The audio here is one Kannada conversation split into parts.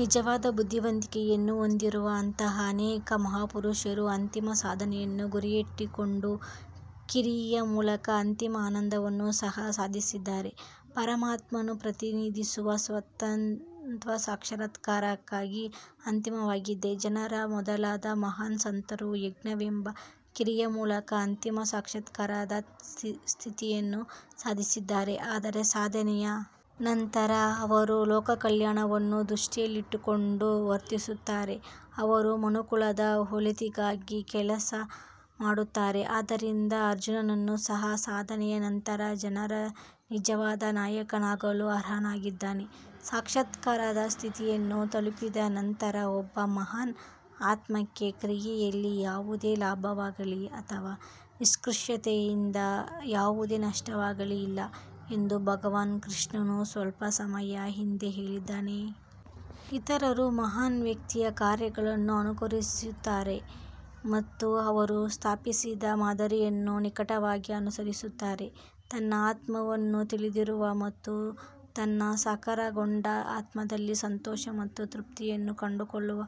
ನಿಜವಾದ ಬುದ್ಧಿವಂತಿಕೆಯನ್ನು ಹೊಂದಿರುವ ಅಂತಹ ಅನೇಕ ಮಹಾಪುರುಷರು ಅಂತಿಮ ಸಾಧನೆಯನ್ನು ಗುರಿಯಾಗಿಟ್ಟುಕೊಂಡು ಕ್ರಿಯೆಯ ಮೂಲಕ ಅಂತಿಮ ಆನಂದವನ್ನು ಸಹ ಸಾಧಿಸಿದ್ದಾರೆ. ಪರಮಾತ್ಮನು ಪ್ರತಿನಿಧಿಸುವ ಸತ್ವದ ಸಾಕ್ಷಾತ್ಕಾರಕ್ಕಾಗಿ ಅಂತಿಮವಾಗಿದೆ ಜನಕ ಮೊದಲಾದ ಮಹಾನ್ ಸಂತರು ಯಜ್ಞವೆಂಬ ಕ್ರಿಯೆಯ ಮೂಲಕ ಅಂತಿಮ ಸಾಕ್ಷಾತ್ಕಾರದ ಸ್ಥಿತಿಯನ್ನು ಸಾಧಿಸಿದ್ದಾರೆ. ಆದರೆ ಸಾಧನೆಯ ನಂತರ ಅವರು ಲೋಕಕಲ್ಯಾಣವನ್ನು ದೃಷ್ಟಿಯಲ್ಲಿಟ್ಟುಕೊಂಡು ವರ್ತಿಸುತ್ತಾರೆ ಅವರು ಮನುಕುಲದ ಒಳಿತಿಗಾಗಿ ಕೆಲಸ ಮಾಡುತ್ತಾರೆ ಆದ್ದರಿಂದ ಅರ್ಜುನನು ಸಹ ಸಾಧನೆಯ ನಂತರ ಜನರ ನಿಜವಾದ ನಾಯಕನಾಗಲು ಅರ್ಹನಾಗಿದ್ದಾನೆ ಸಾಕ್ಷಾತ್ಕಾರದ ಸ್ಥಿತಿಯನ್ನು ತಲುಪಿದ ನಂತರ ಒಬ್ಬ ಮಹಾನ್ ಆತ್ಮಕ್ಕೆ ಕ್ರಿಯೆಯಲ್ಲಿ ಯಾವುದೇ ಲಾಭವಾಗಲೀ ಅಥವಾ ನಿಷ್ಕ್ರಿಯತೆಯಿಂದ ಯಾವುದೇ ನಷ್ಟವಾಗಲೀ ಇಲ್ಲ ಎಂದು ಭಗವಾನ್ ಕೃಷ್ಣನು ಸ್ವಲ್ಪ ಸಮಯದ ಹಿಂದೆ ಹೇಳಿದ್ದಾನೆ. ಇತರರು ಮಹಾನ್ ವ್ಯಕ್ತಿಯ ಕಾರ್ಯಗಳನ್ನು ಅನುಕರಿಸುತ್ತಾರೆ ಮತ್ತು ಅವರು ಸ್ಥಾಪಿಸಿದ ಮಾದರಿಯನ್ನು ನಿಕಟವಾಗಿ ಅನುಸರಿಸುತ್ತಾರೆ ತನ್ನ ಆತ್ಮವನ್ನು ತಿಳಿದಿರುವ ಮತ್ತು ತನ್ನ ಸಾಕಾರಗೊಂಡ ಆತ್ಮದಲ್ಲಿ ಸಂತೋಷ ಮತ್ತು ತೃಪ್ತಿಯನ್ನು ಕಂಡುಕೊಳ್ಳುವ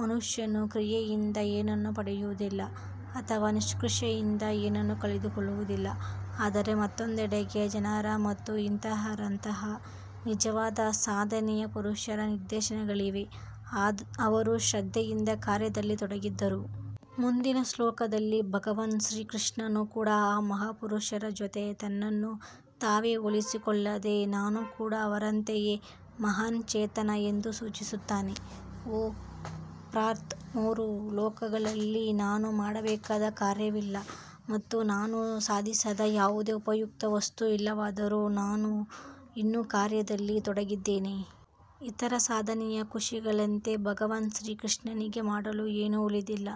ಮನುಷ್ಯನು ಕ್ರಿಯೆಯಿಂದ ಏನನ್ನೂ ಪಡೆಯುವುದಿಲ್ಲ ಅಥವಾ ನಿಷ್ಕ್ರಿಯತೆಯಿಂದ ಏನನ್ನೂ ಕಳೆದುಕೊಳ್ಳುವುದಿಲ್ಲ. ಆದರೆ ಮತ್ತೊಂದೆಡೆ, ಜನಕ ಮತ್ತು ಇತರರಂತಹ ನಿಜವಾದ ಸಾಧನೆಯ ಪುರುಷರ ನಿದರ್ಶನಗಳಿವೆ, ಅವರು ಶ್ರದ್ಧೆಯಿಂದ ಕಾರ್ಯದಲ್ಲಿ ತೊಡಗಿದ್ದರು. ಮುಂದಿನ ಶ್ಲೋಕದಲ್ಲಿ ಭಗವಾನ್ ಶ್ರೀಕೃಷ್ಣನು ಕೂಡ ಆ ಮಹಾಪುರುಷರ ಜೊತೆ ತನ್ನನ್ನು ತಾವೇ ಹೋಲಿಸಿಕೊಳ್ಳದೆ ನಾನು ಕೂಡ ಅವರಂತೆಯೇ ಮಹಾನ್ ಚೇತನ ಎಂದು ಸೂಚಿಸುತ್ತಾನೆ. ಓ ಪಾರ್ಥ್ ಮೂರು ಲೋಕಗಳಲ್ಲಿ ನಾನು ಮಾಡಬೇಕಾದ ಕಾರ್ಯವಿಲ್ಲ ಮತ್ತು ನಾನು ಸಾಧಿಸದ ಯಾವುದೇ ಉಪಯುಕ್ತ ವಸ್ತು ಇಲ್ಲವಾದರೂ ನಾನು ಇನ್ನೂ ಕಾರ್ಯದಲ್ಲಿ ತೊಡಗಿದ್ದೇನೆ. ಇತರ ಸಾಧನೆಯ ಋಷಿಗಳಂತೆ ಭಗವಾನ್ ಶ್ರೀಕೃಷ್ಣನಿಗೆ ಮಾಡಲು ಏನೂ ಉಳಿದಿಲ್ಲ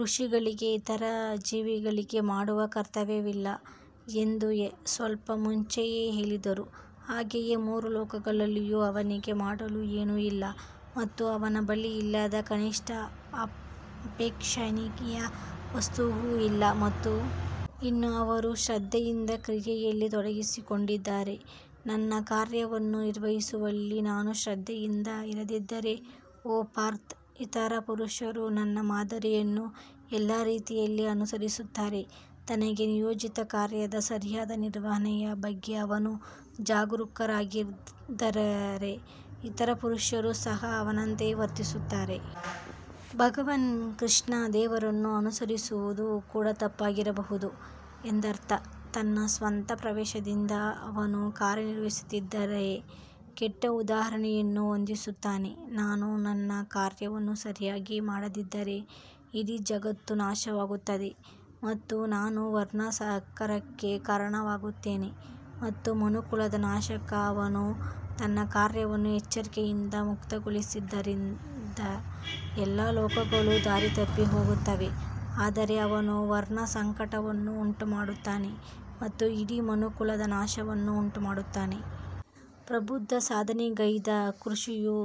ಋಷಿಗಳಿಗೆ ಇತರ ಜೀವಿಗಳಿಗೆ ಮಾಡುವ ಕರ್ತವ್ಯವಿಲ್ಲ ಎಂದು ಸ್ವಲ್ಪ ಮುಂಚೆಯೇ ಹೇಳಿದರು ಹಾಗೆಯೇ ಮೂರು ಲೋಕಗಳಲ್ಲಿಯೂ ಅವನಿಗೆ ಮಾಡಲು ಏನೂ ಇಲ್ಲ ಮತ್ತು ಅವನ ಬಳಿ ಇಲ್ಲದ ಕನಿಷ್ಠ ಅಪೇಕ್ಷಣೀಯ ವಸ್ತುವೂ ಇಲ್ಲ. ಮತ್ತು ಇನ್ನೂ ಅವರು ಶ್ರದ್ಧೆಯಿಂದ ಕ್ರಿಯೆಯಲ್ಲಿ ತೊಡಗಿಸಿಕೊಂಡಿದ್ದಾರೆ ನನ್ನ ಕಾರ್ಯವನ್ನು ನಿರ್ವಹಿಸುವಲ್ಲಿ ನಾನು ಶ್ರದ್ಧೆಯಿಂದ ಇರದಿದ್ದರೆ ಓ ಪಾರ್ಥ್ ಇತರ ಪುರುಷರು ನನ್ನ ಮಾದರಿಯನ್ನು ಎಲ್ಲಾ ರೀತಿಯಲ್ಲಿ ಅನುಸರಿಸುತ್ತಾರೆ ತನಗೆ ನಿಯೋಜಿತ ಕಾರ್ಯದ ಸರಿಯಾದ ನಿರ್ವಹಣೆಯ ಬಗ್ಗೆ ಅವನು ಜಾಗರೂಕರಾಗಿರದಿದ್ದರೆ ಇತರ ಪುರುಷರು ಸಹ ಅವನಂತೆ ವರ್ತಿಸುತ್ತಾರೆ ಭಗವಾನ್ ಕೃಷ್ಣ ದೇವರನ್ನು ಅನುಕರಿಸುವುದು ಕೂಡ ತಪ್ಪಾಗಿರಬಹುದು ಎಂದರ್ಥ ತನ್ನ ಸ್ವಂತ ಪ್ರವೇಶದಿಂದ ಅವನು ಕಾರ್ಯನಿರ್ವಹಿಸದಿದ್ದರೆ ಕೆಟ್ಟ ಉದಾಹರಣೆಯನ್ನು ಹೊಂದಿಸುತ್ತಾನೆ ನಾನು ನನ್ನ ಕಾರ್ಯವನ್ನು ಸರಿಯಾಗಿ ಮಾಡದಿದ್ದರೆ ಇಡೀ ಜಗತ್ತು ನಾಶವಾಗುತ್ತದೆ ಮತ್ತು ನಾನು ವರ್ಣಸಂಕರಕ್ಕೆ ಕಾರಣವಾಗುತ್ತೇನೆ ಮತ್ತು ಮನುಕುಲದ ನಾಶಕ ಅವನು ತನ್ನ ಕಾರ್ಯವನ್ನು ಎಚ್ಚರಿಕೆಯಿಂದ ಮುಕ್ತಗೊಳಿಸದಿದ್ದರೆ, ಎಲ್ಲಾ ಲೋಕಗಳು ದಾರಿತಪ್ಪಿ ಹೋಗುತ್ತವೆ, ಆದರೆ ಅವನು ವರ್ಣಸಂಕಟವನ್ನು ಉಂಟುಮಾಡುತ್ತಾನೆ ಮತ್ತು ಇಡೀ ಮನುಕುಲದ ನಾಶವನ್ನು ಉಂಟುಮಾಡುತ್ತಾನೆ. ಪ್ರಬುದ್ಧ ಸಾಧನೆಗೈದ ಋಷಿಯು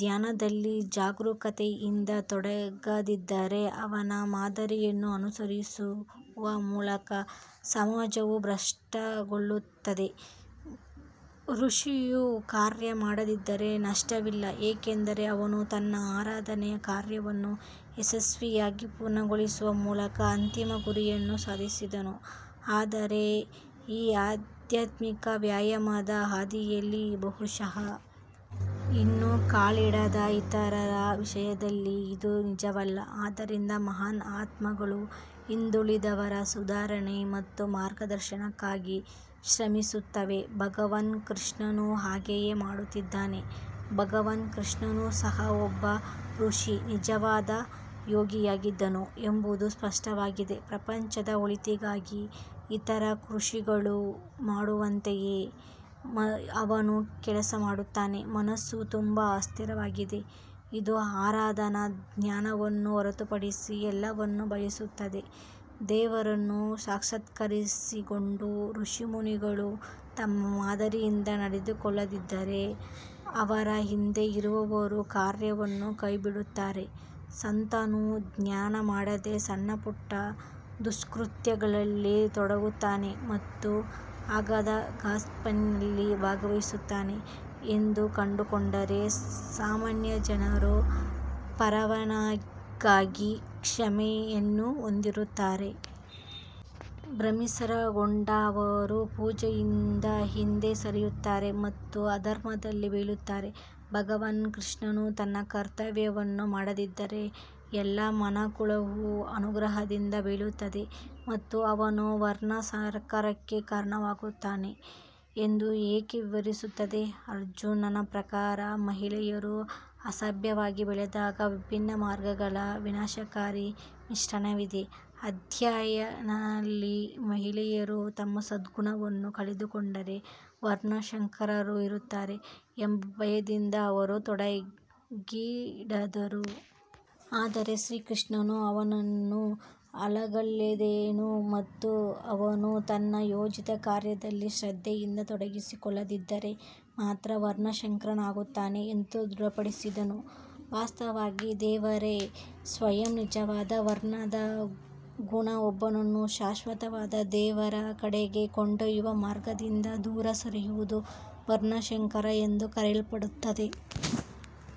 ಧ್ಯಾನದಲ್ಲಿ ಜಾಗರೂಕತೆಯಿಂದ ತೊಡಗದಿದ್ದರೆ ಅವನ ಮಾದರಿಯನ್ನು ಅನುಕರಿಸುವ ಮೂಲಕ ಸಮಾಜವು ಭ್ರಷ್ಟಗೊಳ್ಳುತ್ತದೆ. ಋಷಿಯು ಕಾರ್ಯ ಮಾಡದಿದ್ದರೆ ನಷ್ಟವಿಲ್ಲ ಏಕೆಂದರೆ ಅವನು ತನ್ನ ಆರಾಧನೆಯ ಕಾರ್ಯವನ್ನು ಯಶಸ್ವಿಯಾಗಿ ಪೂರ್ಣಗೊಳಿಸುವ ಮೂಲಕ ಅಂತಿಮ ಗುರಿಯನ್ನು ಸಾಧಿಸಿದನು. ಆದರೆ ಈ ಆಧ್ಯಾತ್ಮಿಕ ವ್ಯಾಯಾಮದ ಹಾದಿಯಲ್ಲಿ ಬಹುಶಃ ಇನ್ನೂ ಕಾಲಿಡದ ಇತರರ ವಿಷಯದಲ್ಲಿ ಇದು ನಿಜವಲ್ಲ ಆದ್ದರಿಂದ ಮಹಾನ್ ಆತ್ಮಗಳು ಹಿಂದುಳಿದವರ ಸುಧಾರಣೆ ಮತ್ತು ಮಾರ್ಗದರ್ಶನಕ್ಕಾಗಿ ಶ್ರಮಿಸುತ್ತವೆ ಭಗವಾನ್ ಕೃಷ್ಣನು ಹಾಗೆಯೇ ಮಾಡುತ್ತಿದ್ದಾನೆ ಭಗವಾನ್ ಕೃಷ್ಣನು ಸಹ ಒಬ್ಬ ಋಷಿ ನಿಜವಾದ ಯೋಗಿಯಾಗಿದ್ದನು ಎಂಬುದು ಸ್ಪಷ್ಟವಾಗಿದೆ ಪ್ರಪಂಚದ ಒಳಿತಿಗಾಗಿ ಇತರ ಋಷಿಗಳು ಮಾಡುವಂತೆಯೇ ಅವನು ಕೆಲಸ ಮಾಡುತ್ತಾನೆ ಮನಸ್ಸು ತುಂಬಾ ಅಸ್ಥಿರವಾಗಿದೆ ಇದು ಆರಾಧನಾ ಧ್ಯಾನವನ್ನು ಹೊರತುಪಡಿಸಿ ಎಲ್ಲವನ್ನೂ ಬಯಸುತ್ತದೆ ದೇವರನ್ನು ಸಾಕ್ಷಾತ್ಕರಿಸಿಕೊಂಡ ಋಷಿಮುನಿಗಳು ತಮ್ಮ ಮಾದರಿಯಿಂದ ನಡೆದುಕೊಳ್ಳದಿದ್ದರೆ ಅವರ ಹಿಂದೆ ಇರುವವರೂ ಕಾರ್ಯವನ್ನು ಕೈಬಿಡುತ್ತಾರೆ ಸಂತನು ಧ್ಯಾನ ಮಾಡದೆ ಸಣ್ಣಪುಟ್ಟ ದುಷ್ಕೃತ್ಯಗಳಲ್ಲಿ ತೊಡಗುತ್ತಾನೆ ಮತ್ತು ಅಗ್ಗದ ಗಾಸಿಪ್ನಲ್ಲಿ ಭಾಗವಹಿಸುತ್ತಾನೆ ಎಂದು ಕಂಡುಕೊಂಡರೆ ಸಾಮಾನ್ಯ ಜನರು ಪರವಾನಗಿಗಾಗಿ ಕ್ಷಮೆಯನ್ನು ಹೊಂದಿರುತ್ತಾರೆ. ಭ್ರಮನಿರಸನಗೊಂಡ ಅವರು ಪೂಜೆಯಿಂದ ಹಿಂದೆ ಸರಿಯುತ್ತಾರೆ ಮತ್ತು ಅಧರ್ಮದಲ್ಲಿ ಬೀಳುತ್ತಾರೆ ಭಗವಾನ್ ಕೃಷ್ಣನು ತನ್ನ ಕರ್ತವ್ಯವನ್ನು ಮಾಡದಿದ್ದರೆ ಎಲ್ಲಾ ಮಾನವಕುಲವು ಅನುಗ್ರಹದಿಂದ ಬೀಳುತ್ತದೆ ಮತ್ತು ಅವನು ವರ್ಣಸಂಕರಕ್ಕೆ ಕಾರಣನಾಗುತ್ತಾನೆ ಎಂದು ಏಕೆ ವಿವರಿಸುತ್ತದೆ. ಅರ್ಜುನ್ ಪ್ರಕಾರ, ಮಹಿಳೆಯರು ಅಸಭ್ಯವಾಗಿ ಬೆಳೆದಾಗ ವಿಭಿನ್ನ ವರ್ಗಗಳ ವಿನಾಶಕಾರಿ ಮಿಶ್ರಣವಿದೆ ಅಧ್ಯಾಯ ನಲ್ಲಿ ಮಹಿಳೆಯರು ತಮ್ಮ ಸದ್ಗುಣವನ್ನು ಕಳೆದುಕೊಂಡರೆ ವರ್ಣಶಂಕರರು ಇರುತ್ತಾರೆ ಎಂಬ ಭಯದಿಂದ ಅವರು ತೊಂದರೆಗೀಡಾದರು. ಆದರೆ ಶ್ರೀಕೃಷ್ಣನು ಅವನನ್ನು ಅಲ್ಲಗಳೆದನು ಮತ್ತು ಅವನು ತನ್ನ ನಿಯೋಜಿತ ಕಾರ್ಯದಲ್ಲಿ ಶ್ರದ್ಧೆಯಿಂದ ತೊಡಗಿಸಿಕೊಳ್ಳದಿದ್ದರೆ ಮಾತ್ರ ವರ್ಣಶಂಕರನಾಗುತ್ತಾನೆ ಎಂದು ದೃಢಪಡಿಸಿದನು. ವಾಸ್ತವವಾಗಿ ದೇವರೇ ಸ್ವಯಂ ನಿಜವಾದ ವರ್ಣದ ಗುಣ ಒಬ್ಬನನ್ನು ಶಾಶ್ವತವಾದ ದೇವರ ಕಡೆಗೆ ಕೊಂಡೊಯ್ಯುವ ಮಾರ್ಗದಿಂದ ದೂರ ಸರಿಯುವುದು ವರ್ಣಶಂಕರ ಎಂದು ಕರೆಯಲ್ಪಡುತ್ತದೆ.